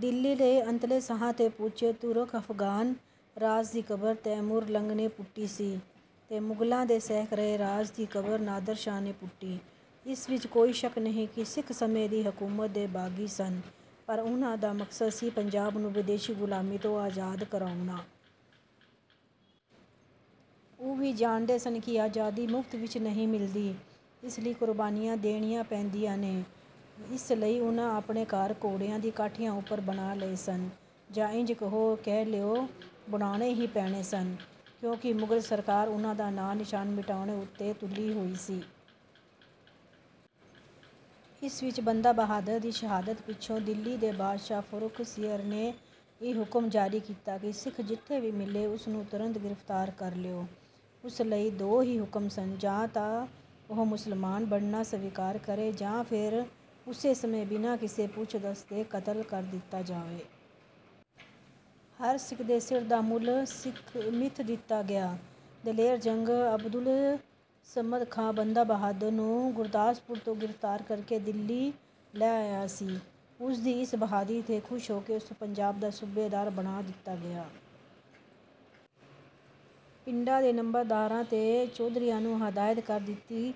ਦਿੱਲੀ ਦੇ ਅੰਤਲੇ ਸਾਹਾਂ 'ਤੇ ਪਹੁੰਚੇ ਤੁਰਕ-ਅਫਗਾਨ ਰਾਜ ਦੀ ਕਬਰ ਤੈਮੂਰਲੰਗ ਨੇ ਪੁੱਟੀ ਸੀ ਤੇ ਮੁਗਲਾਂ ਦੇ ਸਹਿਕ ਰਹੇ ਰਾਜ ਦੀ ਕਬਰ ਨਾਦਰ ਸ਼ਾਹ ਨੇ ਪੁੱਟੀ। ਇਸ ਵਿੱਚ ਕੋਈ ਸ਼ੱਕ ਨਹੀਂ ਕਿ ਸਿੱਖ ਸਮੇਂ ਦੀ ਹਕੂਮਤ ਦੇ ਬਾਗੀ ਸਨ ਪਰ ਉਹਨਾਂ ਦਾ ਮਕਸਦ ਸੀ ਪੰਜਾਬ ਨੂੰ ਵਿਦੇਸ਼ੀ ਗ਼ੁਲਾਮੀ ਤੋਂ ਆਜ਼ਾਦ ਕਰਾਉਣਾ। ਉਹ ਵੀ ਜਾਣਦੇ ਸਨ ਕਿ ਆਜ਼ਾਦੀ ਮੁਫ਼ਤ ਵਿੱਚ ਨਹੀਂ ਮਿਲਦੀ ਇਸ ਲਈ ਕੁਰਬਾਨੀਆਂ ਦੇਣੀਆਂ ਪੈਂਦੀਆਂ ਨੇ। ਇਸ ਲਈ ਉਹਨਾਂ ਆਪਣੇ ਘਰ ਘੋੜਿਆਂ ਦੀਆਂ ਕਾਠੀਆਂ ਉੱਪਰ ਬਣਾ ਲਏ ਸਨ ਜਾਂ ਇੰਜ ਕਹਿ ਲਓ ਬਣਾਉਣੇ ਹੀ ਪੈਣੇ ਸਨ ਕਿਉਂਕਿ ਮੁਗਲ ਸਰਕਾਰ ਉਹਨਾਂ ਦਾ ਨਾਂ-ਨਿਸ਼ਾਨ ਮਿਟਾਉਣ ਉੱਤੇ ਤੁਲੀ ਹੋਈ ਸੀ। ਇਸ ਵਿੱਚ ਬੰਦਾ ਬਹਾਦਰ ਦੀ ਸ਼ਹਾਦਤ ਪਿੱਛੋਂ ਦਿੱਲੀ ਦੇ ਬਾਦਸ਼ਾਹ ਫਰੂੱਖ਼ ਸੀਯਰ ਨੇ ਇਹ ਹੁਕਮ ਜਾਰੀ ਕੀਤਾ ਕਿ ਸਿੱਖ ਜਿੱਥੇ ਵੀ ਮਿਲੇ ਉਸਨੂੰ ਤੁਰੰਤ ਗਿਰਫ਼ਤਾਰ ਕਰ ਲਓ। ਉਸ ਲਈ ਦੋ ਹੀ ਹੁਕਮ ਸਨ: ਜਾਂ ਤਾਂ ਉਹ ਮੁਸਲਮਾਨ ਬਣਨਾ ਸਵੀਕਾਰ ਕਰੇ ਜਾਂ ਫੇਰ ਉਸੇ ਸਮੇਂ ਬਿਨਾਂ ਕਿਸੇ ਪੁੱਛ-ਦੱਸ ਦੇ ਕਤਲ ਕਰ ਦਿੱਤਾ ਜਾਵੇ। ਹਰ ਸਿੱਖ ਦੇ ਸਿਰ ਦਾ ਮੁੱਲ ਮਿਥ ਦਿੱਤਾ ਗਿਆ। ਦਲੇਰ ਜੰਗ ਅਬਦੁਲ ਸਮਦ ਖਾਂ ਬੰਦਾ ਬਹਾਦੁਰ ਨੂੰ ਗੁਰਦਾਸਪੁਰ ਤੋਂ ਗਿਰਫ਼ਤਾਰ ਕਰਕੇ ਦਿੱਲੀ ਲੈ ਆਇਆ ਸੀ। ਉਸ ਦੀ ਇਸ ਬਹਾਦਰੀ 'ਤੇ ਖੁਸ਼ ਹੋ ਕੇ ਉਸਨੂੰ ਪੰਜਾਬ ਦਾ ਸੂਬੇਦਾਰ ਬਣਾ ਦਿੱਤਾ ਗਿਆ। ਪਿੰਡਾਂ ਦੇ ਨੰਬਰਦਾਰਾਂ ਤੇ ਚੌਧਰੀਆਂ ਨੂੰ ਹਦਾਇਤ ਕਰ ਦਿੱਤੀ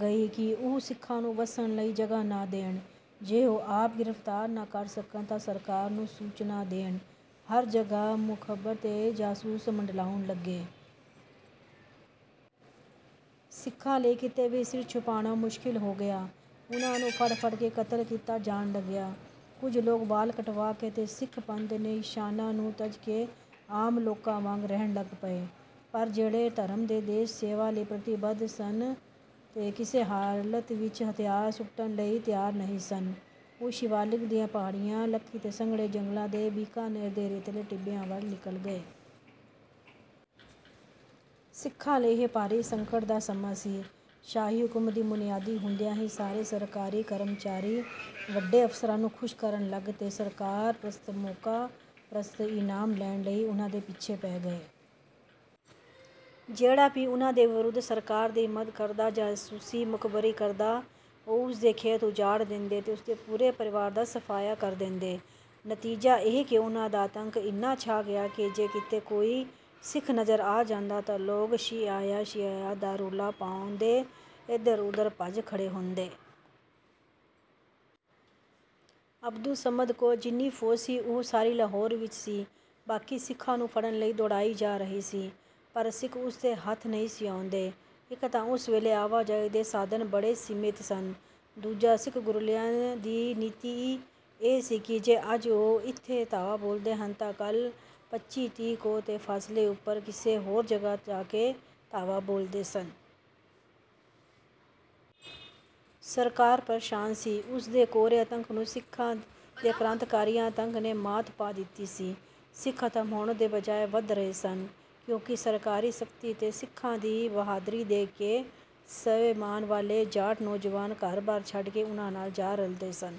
ਗਈ ਕਿ ਉਹ ਸਿੱਖਾਂ ਨੂੰ ਵੱਸਣ ਲਈ ਜਗ੍ਹਾ ਨਾ ਦੇਣ। ਜੇ ਉਹ ਆਪ ਗਿਰਫ਼ਤਾਰ ਨਾ ਕਰ ਸਕਣ ਤਾਂ ਸਰਕਾਰ ਨੂੰ ਸੂਚਨਾ ਦੇਣ। ਹਰ ਜਗ੍ਹਾ ਮੁਖਬਰ ਤੇ ਜਾਸੂਸ ਮੰਡਲਾਉਣ ਲੱਗੇ। ਸਿੱਖਾਂ ਲਈ ਕਿਤੇ ਵੀ ਸਿਰ ਛੁਪਾਉਣਾ ਮੁਸ਼ਕਲ ਹੋ ਗਿਆ। ਉਹਨਾਂ ਨੂੰ ਫੜ੍ਹ-ਫੜ੍ਹ ਕੇ ਕਤਲ ਕੀਤਾ ਜਾਣ ਲੱਗਿਆ। ਕੁਝ ਲੋਕ ਵਾਲ ਕਟਵਾ ਕੇ ਤੇ ਸਿੱਖ ਪੰਥ ਦੇ ਨਿਸ਼ਾਨਾਂ ਨੂੰ ਤਜ ਕੇ ਆਮ ਲੋਕਾਂ ਵਾਂਗ ਰਹਿਣ ਲੱਗ ਪਏ ਪਰ ਜਿਹੜੇ ਧਰਮ ਤੇ ਦੇਸ਼-ਸੇਵਾ ਲਈ ਪ੍ਰੀਤੀਬੱਧ ਸਨ ਤੇ ਕਿਸੇ ਹਾਲਤ ਵਿੱਚ ਹਥਿਆਰ ਸੁੱਟਣ ਲਈ ਤਿਆਰ ਨਹੀਂ ਸਨ ਉਹ ਸ਼ਿਵਾਲਿਕ ਦੀਆਂ ਪਹਾੜੀਆਂ ਲੱਖੀ ਦੇ ਸੰਘਣੇ ਜੰਗਲਾਂ ਤੇ ਬੀਕਾਨੇਰ ਦੇ ਰੇਤਲੇ ਟਿੱਬਿਆਂ ਵੱਲ ਨਿਕਲ ਗਏ। ਸਿੱਖਾਂ ਲਈ ਇਹ ਭਾਰੀ ਸੰਕਟ ਦਾ ਸਮਾਂ ਸੀ। ਸ਼ਾਹੀ ਹੁਕਮ ਦੀ ਮੁਨਿਆਦੀ ਹੁੰਦਿਆਂ ਹੀ ਸਾਰੇ ਸਰਕਾਰੀ ਕਰਮਚਾਰੀ ਵੱਡੇ ਅਫਸਰਾਂ ਨੂੰ ਖੁਸ਼ ਕਰਨ ਲਈ ਤੇ ਸਰਕਾਰ-ਪ੍ਰਸਤ ਤੇ ਮੌਕਾ-ਪ੍ਰਸਤ ਇਨਾਮ ਲੈਣ ਲਈ ਉਹਨਾਂ ਦੇ ਪਿੱਛੇ ਪੈ ਗਏ। ਜਿਹੜਾ ਵੀ ਉਹਨਾਂ ਦੇ ਵਿਰੁੱਧ ਸਰਕਾਰ ਦੀ ਮਦ ਕਰਦਾ ਜਾਂ ਜਾਸੂਸੀ ਮੁਖਬਰੀ ਕਰਦਾ ਉਹ ਉਸਦੇ ਖੇਤ ਉਜਾੜ ਦਿੰਦੇ ਤੇ ਉਸਦੇ ਪੂਰੇ ਪਰਿਵਾਰ ਦਾ ਸਫਾਇਆ ਕਰ ਦਿੰਦੇ। ਨਤੀਜਾ ਇਹ ਕਿ ਉਹਨਾਂ ਦਾ ਆਤੰਕ ਇੰਨਾ ਛਾ ਗਿਆ ਕਿ ਜੇ ਕਿਤੇ ਕੋਈ ਸਿੱਖ ਨਜ਼ਰ ਆ ਜਾਂਦਾ ਤਾਂ ਲੋਕ 'ਸ਼ੀਹ ਆਇਆ ਸ਼ੀਹ ਆਇਆ' ਦਾ ਰੌਲਾ ਪਾਉਂਦੇ ਏਧਰ-ਉਧਰ ਭੱਜ ਖੜ੍ਹੇ ਹੁੰਦੇ। ਅਬਦੁੱਲ ਸਮਦ ਕੋਲ ਜਿੰਨੀ ਫੌਜ ਸੀ ਉਹ ਸਾਰੀ ਲਾਹੌਰ ਵਿੱਚ ਸੀ ਬਾਕੀ ਸਿੱਖਾਂ ਨੂੰ ਫੜ੍ਹਨ ਲਈ ਦੌੜਾਈ ਜਾ ਰਹੀ ਸੀ ਪਰ ਸਿੱਖ ਉਸਦੇ ਹੱਥ ਨਹੀਂ ਸੀ ਆਉਂਦੇ। ਇੱਕ ਤਾਂ ਉਸ ਵੇਲੇ ਆਵਾਜਾਈ ਦੇ ਸਾਧਨ ਬੜੇ ਸੀਮਿਤ ਸਨ ਦੂਜਾ ਸਿੱਖ ਗੁਰੀਲਿਆਂ ਦੀ ਨੀਤੀ ਇਹ ਸੀ ਕਿ ਜੇ ਅੱਜ ਉਹ ਇੱਥੇ ਧਾਵਾ ਬੋਲਦੇ ਹਨ ਤਾਂ ਕੱਲ੍ਹ ਪੱਚੀ-ਤੀਹ ਕੋਹ ਦੇ ਫਾਸਲੇ ਉੱਪਰ ਕਿਸੇ ਹੋਰ ਜਗ੍ਹਾ ਜਾ ਕੇ ਧਾਵਾ ਬੋਲਦੇ ਸਨ। ਸਰਕਾਰ ਪ੍ਰੇਸ਼ਾਨ ਸੀ। ਉਸ ਦੇ ਕੋਰੇ-ਅਤੰਕ ਨੂੰ ਸਿੱਖਾਂ ਦੇ ਕਰਾਂਤੀਕਾਰੀ-ਆਤੰਕ ਨੇ ਮਾਤ ਪਾ ਦਿੱਤੀ ਸੀ। ਸਿੱਖ ਖਤਮ ਹੋਣ ਦੇ ਬਜਾਏ ਵਧ ਰਹੇ ਸਨ ਕਿਉਂਕਿ ਸਰਕਾਰੀ ਸਖਤੀ ਤੇ ਸਿੱਖਾਂ ਦੀ ਬਹਾਦਰੀ ਦੇਖ ਕੇ ਸਵੈਮਾਨ ਵਾਲੇ ਜਾਟ ਨੌਜਵਾਨ ਘਰ-ਬਾਰ ਛੱਡ ਕੇ ਉਹਨਾਂ ਨਾਲ ਜਾ ਰਲਦੇ ਸਨ।